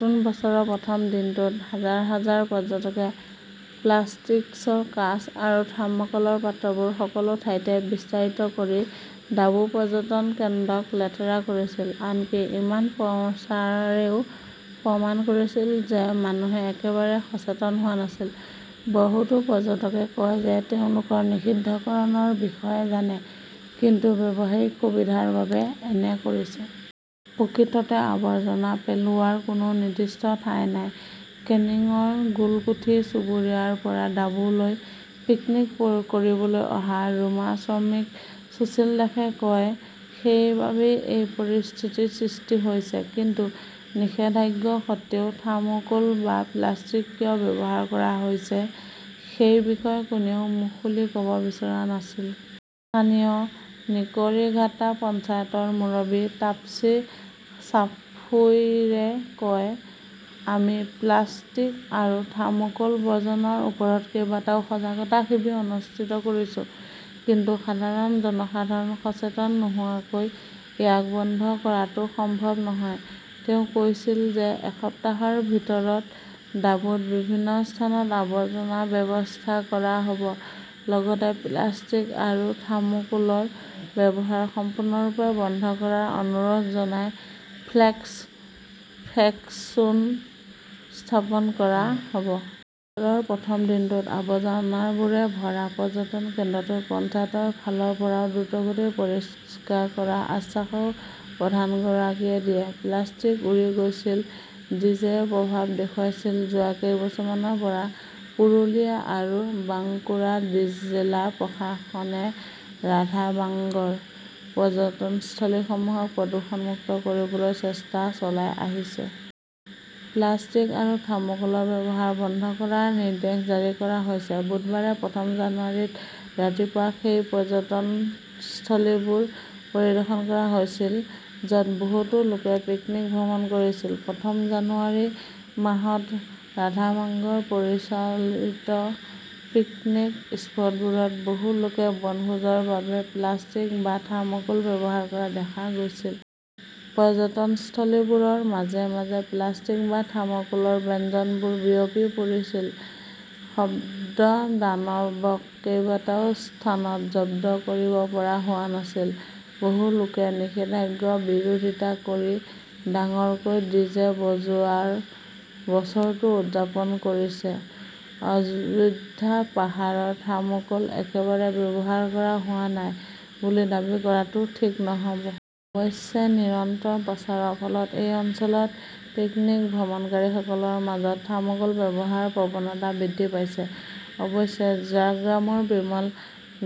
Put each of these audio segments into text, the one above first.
নতুন বছৰৰ প্ৰথম দিনটোত হাজাৰ -হাজাৰ পৰ্যটকে প্লাষ্টিক্সৰ কাঁচ আৰু থাৰ্মকলৰ পাত্ৰবোৰ সকলো ঠাইতে বিস্তাৰিত কৰি ডাবু পৰ্যটন কেন্দ্ৰক লেতেৰা কৰিছিল। আনকি ইমান প্ৰচাৰেও প্ৰমাণ কৰিছিল যে মানুহে একেবাৰে সচেতন হোৱা নাছিল। বহুতো পৰ্যটকে কয় যে তেওঁলোকে নিষিদ্ধকৰণৰ বিষয়ে জানে ,কিন্তু ব্যৱহাৰিক সুবিধাৰ বাবে এনে কৰিছে। প্ৰকৃততে আৱৰ্জনা পেলোৱাৰ কোনো নিৰ্দিষ্ট ঠাই নাই, কেনিংৰ গোলকুঠি চুবুৰীয়াৰ পৰা ডাবুলৈ পিকনিক কৰিবলৈ অহা ৰুমা শ্ৰমিক সুশীল দাসে কয় সেইবাবেই এই পৰিস্থিতিৰ সৃষ্টি হৈছে। কিন্তু নিষেধাজ্ঞা সত্বেও থাৰ্মোকোল বা প্লাষ্টিক কিয় ব্যৱহাৰ কৰা হৈছে সেই বিষয়ে কোনেও মুখ খুলি ক'ব বিচৰা নাছিল। স্থানীয় নিকৰিঘাটা পঞ্চায়তৰ মুৰব্বী তাপ্সী সাঁফুইয়ে কয়, আমি প্লাষ্টিক আৰু থাৰ্মোকল বৰ্জনৰ ওপৰত কেইবাটাও সজাগতা শিবিৰ অনুষ্ঠিত কৰিছো। কিন্তু সাধাৰণ জনসাধাৰণ সচেতন নোহোৱাকৈ ইয়াক বন্ধ কৰাটো সম্ভৱ নহয়। তেওঁ কৈছিল যে এসপ্তাহৰ ভিতৰত ডাবুত বিভিন্ন স্থানত আৱৰ্জনাৰ ব্যৱস্থা কৰা হ'ব লগতে প্লাষ্টিক আৰু থাৰ্মোকোলৰ ব্যৱহাৰ সম্পূৰ্ণৰূপে বন্ধ কৰাৰ অনুৰোধ জনাই ফ্লেক্স, ফেস্টুন স্থাপন কৰা হ'ব। বছৰৰ প্ৰথম দিনটোত আবৰ্জনাৰে ভৰা পৰ্যটন কেন্দ্ৰটো পঞ্চায়তৰ ফালৰ পৰা দ্ৰুতগতিত পৰিষ্কাৰ কৰাৰ আশ্বাসও প্ৰধানগৰাকীয়ে দিয়ে। প্লাষ্টিক উৰি গৈছিল, ডিজেয়ে প্ৰভাৱ দেখুৱাইছিল যোৱা কেইবছৰমানৰ পৰা পুৰুলিয়া আৰু বাংকুৰা জিলা প্ৰশাসনে ৰাধাবাংগৰ পৰ্যটনস্থলীসমূহক প্ৰদূষণমুক্ত কৰিবলৈ চেষ্টা চলাই আহিছে। প্লাষ্টিক আৰু থাৰ্মকলৰ ব্যৱহাৰ বন্ধ কৰাৰ নিৰ্দেশ জাৰি কৰা হৈছে। বুধবাৰে প্ৰথম জানুৱাৰীৰ ৰাতিপুৱা সেই পৰ্যটনস্থলীবোৰ পৰিদৰ্শন কৰা হৈছিল য'ত বহুতো লোকে পিকনীক ভ্ৰমণ কৰিছিল। প্ৰথম জানুৱাৰী মাহত ৰাধবাংগৰ পৰিচিত পিকনিক স্পটবোৰত বহু লোকে বনভোজৰ বাবে প্লাষ্টিক বা থাৰ্মোকোল ব্যৱহাৰ কৰা দেখা গৈছিল। পৰ্যটনস্থলীবোৰৰ মাজে- মাজে প্লাষ্টিক বা থাৰ্মকোলৰ ব্যঞ্জনবোৰ বিয়পি পৰিছিল। শব্দদানৱক কেইবাটাও স্থানত জব্দ কৰিব পৰা হোৱা নাছিল। বহু লোকে নিষেধাজ্ঞাৰ বিৰোধিতা কৰি ডাঙৰকৈ ডিজে বজোৱাৰ বছৰটো উদযাপন কৰিছে। অযোধ্যা পাহাৰৰ থাৰ্মোকল একেবাৰে ব্যৱহাৰ কৰা হোৱা নাই বুলি দাবী কৰাটো ঠিক নহ'ব। অৱশ্যে নিৰন্তৰ প্ৰচাৰৰ ফলত এই অঞ্চলত পিকনীক ভ্ৰমণকাৰীসকলৰ মাজত থাৰ্মোকলৰ ব্যৱহাৰৰ প্ৰৱণতা বৃদ্ধি পাইছে। অৱশ্যে ঝাৰগ্ৰামৰ বিমল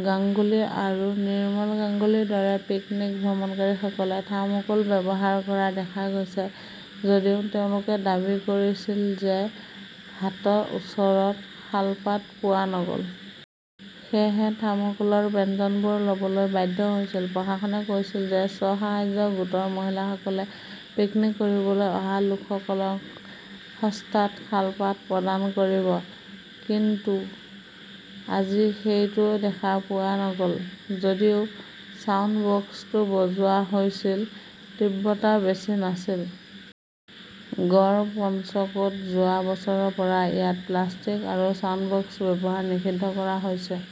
গাংগুলী আৰু নিৰ্মল গাংগুলীৰ দৰে পিকনীক ভ্ৰমণকাৰীসকলে থাৰ্মোকোল ব্যৱহাৰ কৰা দেখা গৈছে। যদিও তেওঁলোকে দাবী কৰিছিল যে হাতৰ ওচৰত শালপাত পোৱা নগ'ল। সেয়েহে থাৰ্মোকোলৰ ব্যঞ্জনবোৰ ল'বলৈ বাধ্য হৈছিল। প্ৰশাসনে কৈছিল যে স্ব-সাহায্য গোটৰ মহিলাসকলে পিকনিক কৰিবলৈ অহা লোকসকলক সস্তাত শালপাত প্ৰদান কৰিব, কিন্তু আজি সেইটো দেখা পোৱা নগ'ল। যদিও ছাউণ্ড বক্সটো বজোৱা হৈছিল, তীব্ৰতা বেছি নাছিল। গড় পঞ্চকোট যোৱা বছৰৰ পৰা ইয়াত প্লাষ্টিক আৰু ছাউণ্ড বক্সৰ ব্যৱহাৰ নিষিদ্ধ কৰা হৈছে।